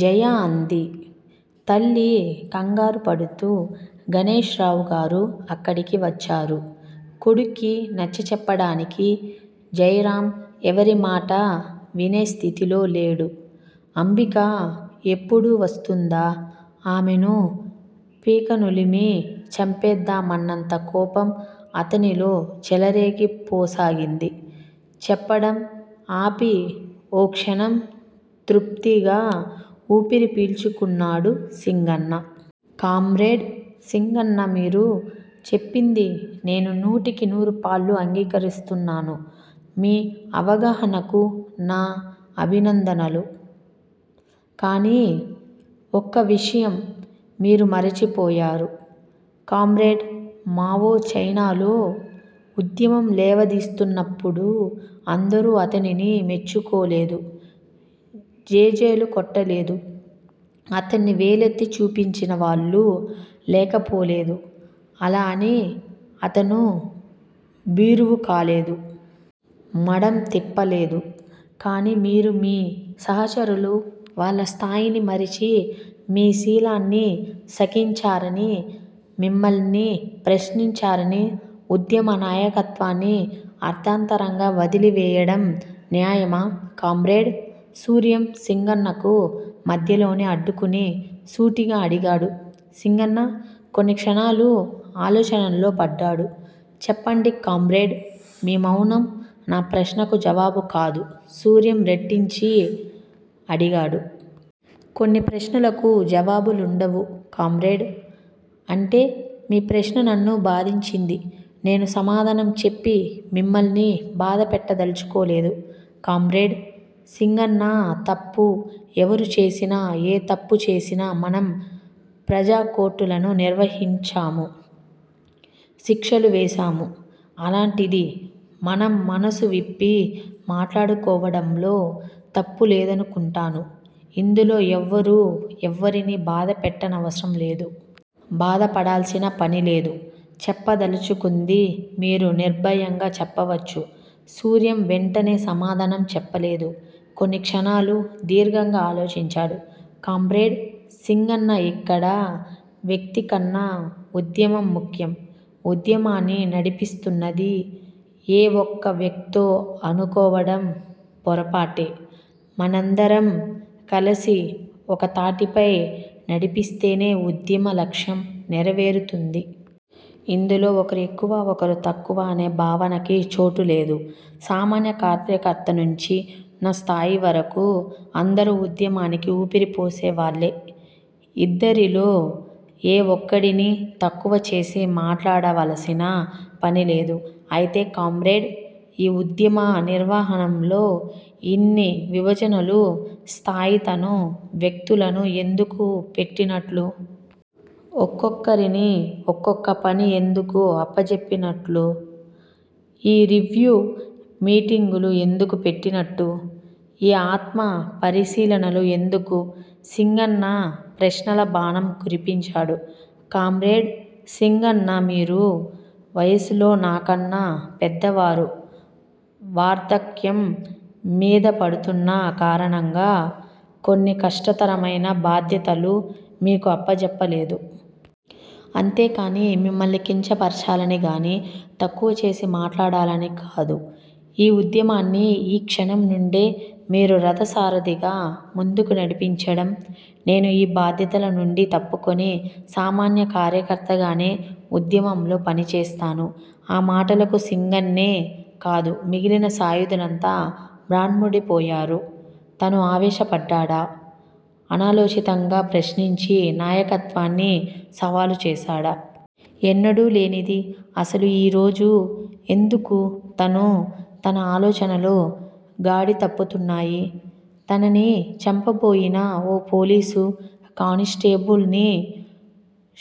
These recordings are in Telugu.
జయా! అంది తల్లి కంగారుపడుతూ, గణేశ్ రావు గారు అక్కడికి వచ్చారు, కొడుక్కి నచ్చచెప్పడానికి. జయరామ్ ఎవరిమాటా వినే స్థితిలో లేడు. అంబిక ఎప్పుడు వస్తుందా, ఆమెను పీకనులిమి చంపేద్దామన్నంత కోపం అతనిలో చెలరేగిపోసాగింది. చెప్పడం ఆపి ఓ క్షణం తృప్తిగా ఊపిరి పీల్చుకున్నాడు సింగన్న. కామ్రేడ్ సింగన్న మీరు చెప్పింది నేను నూటికి నూరుపాళ్ళు అంగీకరిస్తున్నాను. మీ అవగహానకు నా భినందనలు. కాని ఒక్క విషయం మీరు మరచిపోయారు. కామ్రేడ్ మావో చైనాలో ఉద్యమం లేవాదీస్తున్నప్పుడు అందరూ అతనిని మెచ్చుకోలేదు. జైజేలు కొట్టలేదు. అతన్ని వేలెత్తి చూపించిన వాళ్ళు లేకపోలేదు. అలా అని అతను భీరువుకాలేదు. మడం తిప్పలేదు. కానీ మీరు మీ సహచరులు వాళ్ళ స్థాయిని మరచి మీ శీలాన్ని శకించారని, మిమ్మల్నే ప్రశ్నించారని ఉద్యమ నాయకత్వాన్ని అర్దారంతరంగా వదిలివేయడం న్యాయమా? కామ్రేడ్ సూర్యం సింగన్నకు మధ్యలోనే అడ్డుకుని సూటిగా అడిగాడు. సింగన్న కొన్ని క్షణాలు ఆలోచనల్లో పడ్డాడు. చెప్పండి కామ్రేడ్ మీ మౌనం నా ప్రశ్నకు జవాబు కాదు సూర్యం రెట్టించి అడిగాడు. కొన్ని ప్రశ్నలకు జావాబులుండవు కామ్రేడ్ అంటే మీ ప్రశ్న నన్ను బాధించింది నేను సమాధానం చెప్పి మిమ్మల్ని బాధపెట్టదలచుకోలేదు కామ్రేడ్ సింగన్నా తప్పు ఎవరు చేసినా, ఏ తప్పుచేసినా మనం ప్రజాకోర్టులను నిర్వహించాము. శిక్షలు వేశాము. అలాంటిది మనం మనసు విప్పి మాట్లాడుకోవడంలో తప్పులేదనుకుంటాను. ఇందులో ఎవ్వరూ ఎవ్వరిని బాధపెట్టనవసరం లేదు. బాధపడాల్సిన పనిలేదు. చెప్పదలచుకుంది మీరు నిర్భయంగా చెప్పవచ్చు. సూర్యం వెంటనే సమాధానం చెప్పలేదు. కొన్నిక్షణాలు దీర్ఘంగా అలోచించాడు. కామ్రేడ్ సింగన్న ఇక్కడ వ్యక్తికన్నా ఉద్యమం ముఖ్యం. ఉద్యమాన్ని నడిపిస్తున్నది ఏ ఒక్క వ్యక్తో అనుకోవడం పొరపాటే! మనందరం కలసి ఒక తాటిపై నడిపిస్తేనే ఉద్యమ లక్ష్యం నెరవేరుతుంది. ఇందులో ఒకరు ఎక్కువ ఒకరు తక్కువ అనే భావనకి చోటు లేదు. సామాన్య కార్యకర్తనుంచి న స్థాయివరకు అందరూ ఉద్యమానికి ఊపిరిపోసేవాళ్ళే. ఇందరిలో ఏ ఒక్కడిని తక్కువచేసి మాట్లాడావలసిన పనిలేదు అయితే కామ్రేడ్ ఈ ఉద్యమ నిర్వహణంలో ఇన్ని విభజనులు, స్థాయితను వ్యక్తులను ఎందుకు పేట్టినట్టు? ఒక్కొక్కరికి ఒక్కొక్క పని ఎందుకు అప్పజెప్పి నట్టు? ఈ రివ్యూ మీటింగులు ఎందుకు పెట్టినట్టు? ఈ ఆత్మ పరీశీలనలు ఎందుకు? సింగన్న ప్రశ్నల బాణం కురిపించాడు. కామ్రేడ్ సింగన్న మీరు వయసులో నాకన్నా పెద్దవారు వార్ధక్యం మీదపడుతున్న కారణంగా కొన్ని కష్టతరమైన బాధ్యతలు మీకు అప్పజెప్పలేదు. అంతేకాని మిమ్మల్ని కించపరచాలనిగాని, తక్కువచేసి మాట్లాడాలని కాదు. ఈ ఉద్యమాన్ని ఈ క్షణం నుండే మీరు రధసారిధిగా ముందుకు నడిపించండి. నేను ఈ బాధ్యతల నుండి తప్పుకుని సామాన్య కార్యకర్తగానే ఉద్యమంలో పనిచేస్తాను ఆ మాటలకు సింగన్నేకాదు. మిగిలిన సాయుధలంతా మ్రాన్పుడిపోయారు. తను ఆవేశపడ్డాడా? అనాలోచితంగా ప్రశ్నించి నాయకత్వన్ని సవాలు చేశాడా? ఎన్నడూ లేనిది అసలు ఈ రోజు ఎమ్దుకు తను, తన ఆలోచనలు గాడి తప్పుతున్నాయి. తనని చంపబోయిన ఓ పోలీసు కానిస్టేబుల్ ని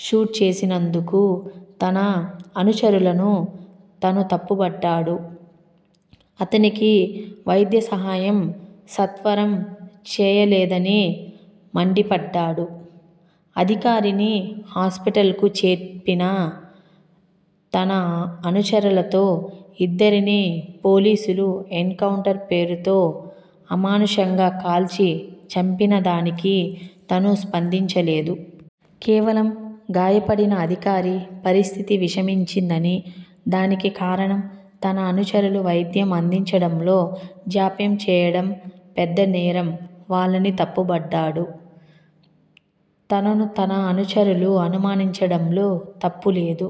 ఘాట్ చేసినందుకు తన అనుచరులను తను తప్పుబట్టాడు. అతనికి వైద్య సహాయం సత్వరం చేయలేదని మండిపడ్డాడు. అధికారిని హాస్పిటల్ కు చేర్చిన తన అనుచరులతో ఇద్దరినీ పోలీసులు ఎన్ కౌంటర్ పేరుతో అమానుషంగా కాల్చి చంపినాదానికి తను స్పందించలేదు. కేవలం గయాపడిన అధికారి పరిస్థితి విషమించిందని, దానికి కారణం తన అనుచరులు వైద్యం అందించడంలో జాప్యంచేయడం పెద్దనేరం వాళ్ళని తప్పుబట్టాడు. తనను తన అనుచరులు అనుమానించడంలో తప్పులేదు